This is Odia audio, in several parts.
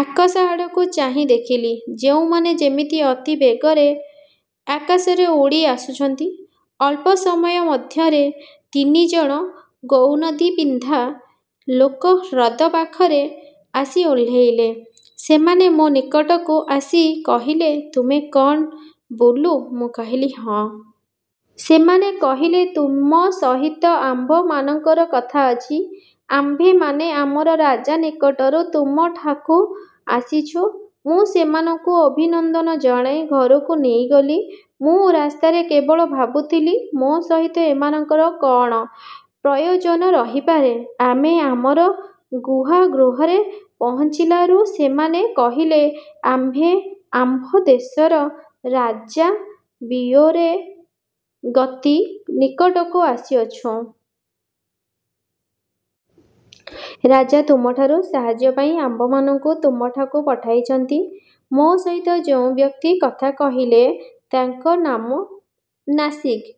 ଆକାଶ ଆଡ଼କୁ ଚାହିଁ ଦେଖିଲି, କେଉଁମାନେ ଯେମିତି ଅତି ବେଗରେ ଆକାଶରେ ଉଡ଼ି ଆସୁଛନ୍ତି। ଅଳ୍ପ ସମୟ ମଧ୍ୟରେ ତିନି ଜଣ ଗ୍ରୌନଦିପିନ୍ଧା ଲୋକ ହ୍ରଦ ପାଖରେ ଆସି ଓହ୍ଲାଇଲେ। ସେମାନେ ମୋ ନିକଟକୁ ଆସି କହିଲେ, ''ତୁମେ କ'ଣ ବୁଲୁ? '' ମୁଁ କହିଲି ''ହଁ''। ସେମାନେ କହିଲେ, ''ତୁମ ସହିତ ଆମ୍ଭମାନଙ୍କର କଥା ଅଛି। ଆମ୍ଭେମାନେ ଆମର ରଜା ନିକଟରୁ ତୁମଠାକୁ ଆସିଛୁ। ମୁଁ ସେମାନଙ୍କୁ ଅଭିନନ୍ଦନ ଜଣାଇ ଘରକୁ ନେଇଗଲି। ମୁଁ ରାସ୍ତାରେ କେବଳ ଭାବୁଥିଲି, ମୋ ସହିତ ଏମାନଙ୍କର କ'ଣ ପ୍ରୟୋଜନ ରହିପାରେ-? ଆମେ ଆମର ଗୁହା-ଗୃହରେ ପହଞ୍ଚିଲାରୁ ସେମାନେ କହିଲେ, ''ଆମ୍ଭେ ଆମ୍ଭ ଦେଶର ରାଜା ବିୟୋରେଗତି ନିକଟରୁ ଆସିଅଛୁଁ। ରାଜା ତୁମଠାରୁ ସାହାଯ୍ୟପାଇଁ ଆମ୍ଭମାନଙ୍କୁ ତୁମଠାକୁ ପଠାଇଛନ୍ତି। '' ମୋ ସହିତ ଯେଉଁ ବ୍ୟକ୍ତି କଥା କହିଲେ, ତାଙ୍କ ନାମ ନାସିଗ୍।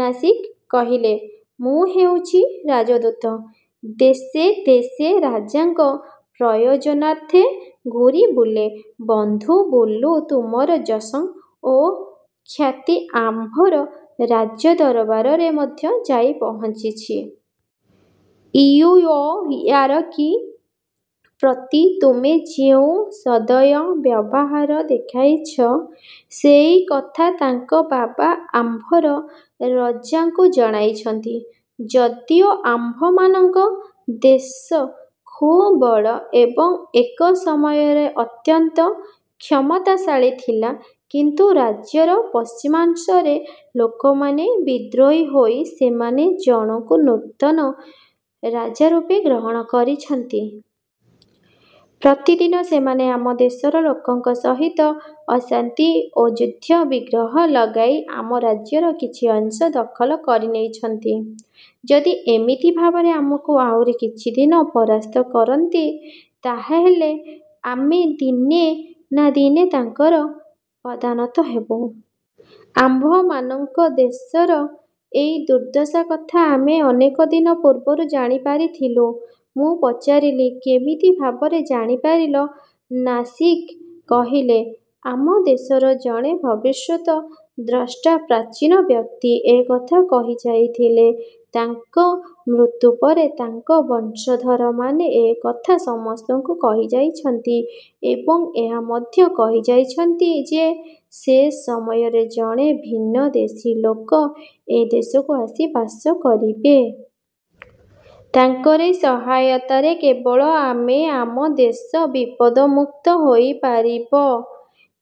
ନାସିଗ୍ କହିଲେ, ''ମୁଁ ହେଉଛି ରାଜଦୂତ। ଦେଶେ ଦେଶେ ରାଜାଙ୍କ ପ୍ରୟୋଜନାର୍ଥେ ଘୂରି ବୁଲେ। ବନ୍ଧୁ ବୁଲୁ ତୁମର ଯଶଃ ଓ ଖ୍ୟାତି ଆମ୍ଭର ରାଜଦରବାରରେ ମଧ୍ୟ ଯାଇ ପହଞ୍ଚିଛି। ଇଉଓୟାରକି ପ୍ରତି ତୁମେ ଯେଉଁ ସଦୟ ବ୍ୟବହାର ଦେଖାଇଛ, ସେଇ କଥା ତାଙ୍କ ବାବା ଆମ୍ଭର ରଜାଙ୍କୁ ଜଣାଇଛନ୍ତି। ଯଦିଓ ଆମ୍ଭମାନଙ୍କ ଦେଶ ଖୁବ୍ ବଡ଼ ଏବଂ ଏକ ସମୟରେ ଅତ୍ୟନ୍ତ କ୍ଷମତାଶାଳୀ ଥିଲା, କିନ୍ତୁ ରାଜ୍ୟର ପଶ୍ଚିମାଂଶରେ ଲୋକମାନେ ବିଦ୍ରୋହୀ ହୋଇ ସେମାନେ ଜଣକୁ ନୂତନ ରାଜାରୂପେ ଗ୍ରହଣ କରିଛନ୍ତି। ପ୍ରତିଦିନ ସେମାନେ ଆମ ଦେଶର ଲୋକଙ୍କ ସହିତ ଅଶାନ୍ତି ଓ ଯୁଦ୍ଧ ବିଗ୍ରହ ଲଗାଇ ଆମ ରାଜ୍ୟର କିଛି ଅଂଶ ଦଖଲ କରିନେଇଛନ୍ତି। ଯଦି ଏମିତି ଭାବରେ ଆମକୁ ଆହୁରି କିଛିଦିନ ପରାସ୍ତ କରନ୍ତି, ତାହାହେଲେ ଆମେ ଦିନେ ନା ଦିନେ ତାଙ୍କର ପଦାନତ ହେବୁ। ଆମ୍ଭମାନଙ୍କ ଦେଶର ଏଇ ଦୁର୍ଦ୍ଦଶା କଥା ଆମେ ଅନେକ ଦିନ ପୂର୍ବରୁ ଜାଣି ପାରିଥିଲୁ। '' ମୁଁ ପଚାରିଲି, ''କେମିତି ଭାବରେ ଜାଣିପାରିଲ? '' ନାସିଗ୍ କହିଲେ, ''ଆମ ଦେଶର ଜଣେ ଭବିଷ୍ୟତ ଦ୍ରଷ୍ଟା ପ୍ରାଚୀନ ବ୍ୟକ୍ତି ଏ କଥା କହିଯାଇଥିଲେ। ତାଙ୍କ ମୃତ୍ୟୁ ପରେ ତାଙ୍କ ବଂଶଧରମାନେ ଏ କଥା ସମସ୍ତଙ୍କୁ କହିଯାଇଛନ୍ତି ଏବଂ ଏହା ମଧ୍ୟ କହିଯାଇଛନ୍ତି ଯେ ସେ ସମୟରେ ଜଣେ ଭିନ୍ନ ଦେଶୀ ଲୋକ ଏ ଦେଶକୁ ଆସି ବାସ କରିବେ। ତାଙ୍କରି ସହାୟତାରେ କେବଳ ଆମେ, ଆମ ଦେଶ ବିପଦମୁକ୍ତ ହୋଇ ପାରିବ।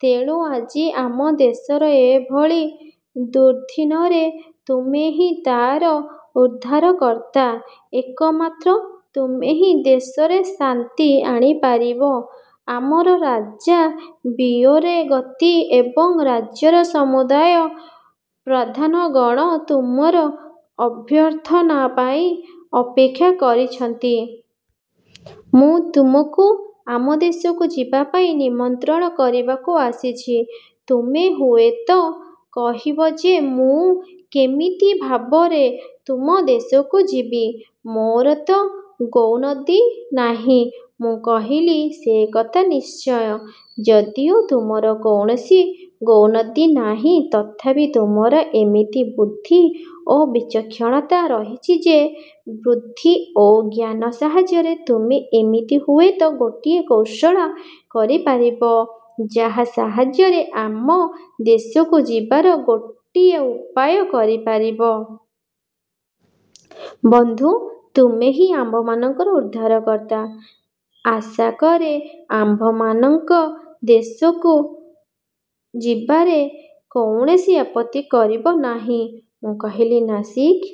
ତେଣୁ ଆଜି ଆମ ଦେଶର ଏହିଭଳି ଦୁର୍ଦ୍ଦିନରେ ତୁମେ ହିଁ ତା'ର ଉଦ୍ଧାରକର୍ତ୍ତା। ଏକମାତ୍ର ତୁମେ ହିଁ ଦେଶରେ ଶାନ୍ତି ଆଣିପାରିବ। ଆମର ରଜା ବିୟୋରେଗତି ଏବଂ ରାଜ୍ୟର ସମୁଦାୟ ପ୍ରଧାନଗଣ ତୁମର ଅଭ୍ୟର୍ଥନାପାଇଁ ଅପେକ୍ଷା କରିଛନ୍ତି। ମୁଁ ତୁମକୁ ଆମ ଦେଶକୁ ଯିବାପାଇଁ ନିମନ୍ତ୍ରଣ କରିବାକୁ ଆସିଛି। ତୁମେ ହୁଏତ କହିବ ଯେ, ମୁଁ କେମିତି ଭାବରେ ତୁମ ଦେଶକୁ ଯିବି, ମୋର ତ ଗ୍ରୌନଦି ନାହିଁ। ମୁଁ କହିଲି, ସେ କଥା ନିଶ୍ଚୟ। ଯଦିଓ ତୁମର କୌଣସି ଗ୍ରୌନଦି ନାହିଁ, ତଥାପି ତୁମର ଏମିତି ବୁଦ୍ଧି ଓ ବିଚକ୍ଷଣତା ରହିଛି ଯେ, ବୁଦ୍ଧି ଓ ଜ୍ଞାନ ସାହାଯ୍ୟରେ ତୁମେ ଏମିତି ହୁଏତ ଗୋଟିଏ କୌଶଳ କରିପାରିବ, ଯାହା ସାହାଯ୍ୟରେ ଆମ ଦେଶକୁ ଯିବାର ଗୋଟିଏ ଉପାୟ କରିପାରିବ। ବନ୍ଧୁ, ତୁମେ ହିଁ ଆମ୍ଭମାନଙ୍କର ଉଦ୍ଧାର କର୍ତ୍ତା। ଆଶାକରେ ଆମ୍ଭମାନଙ୍କ ଦେଶକୁ ଯିବାରେ କୌଣସି ଆପତ୍ତି କରିବ ନାହିଁ। ମୁଁ କହିଲି, ନାସିଗ୍,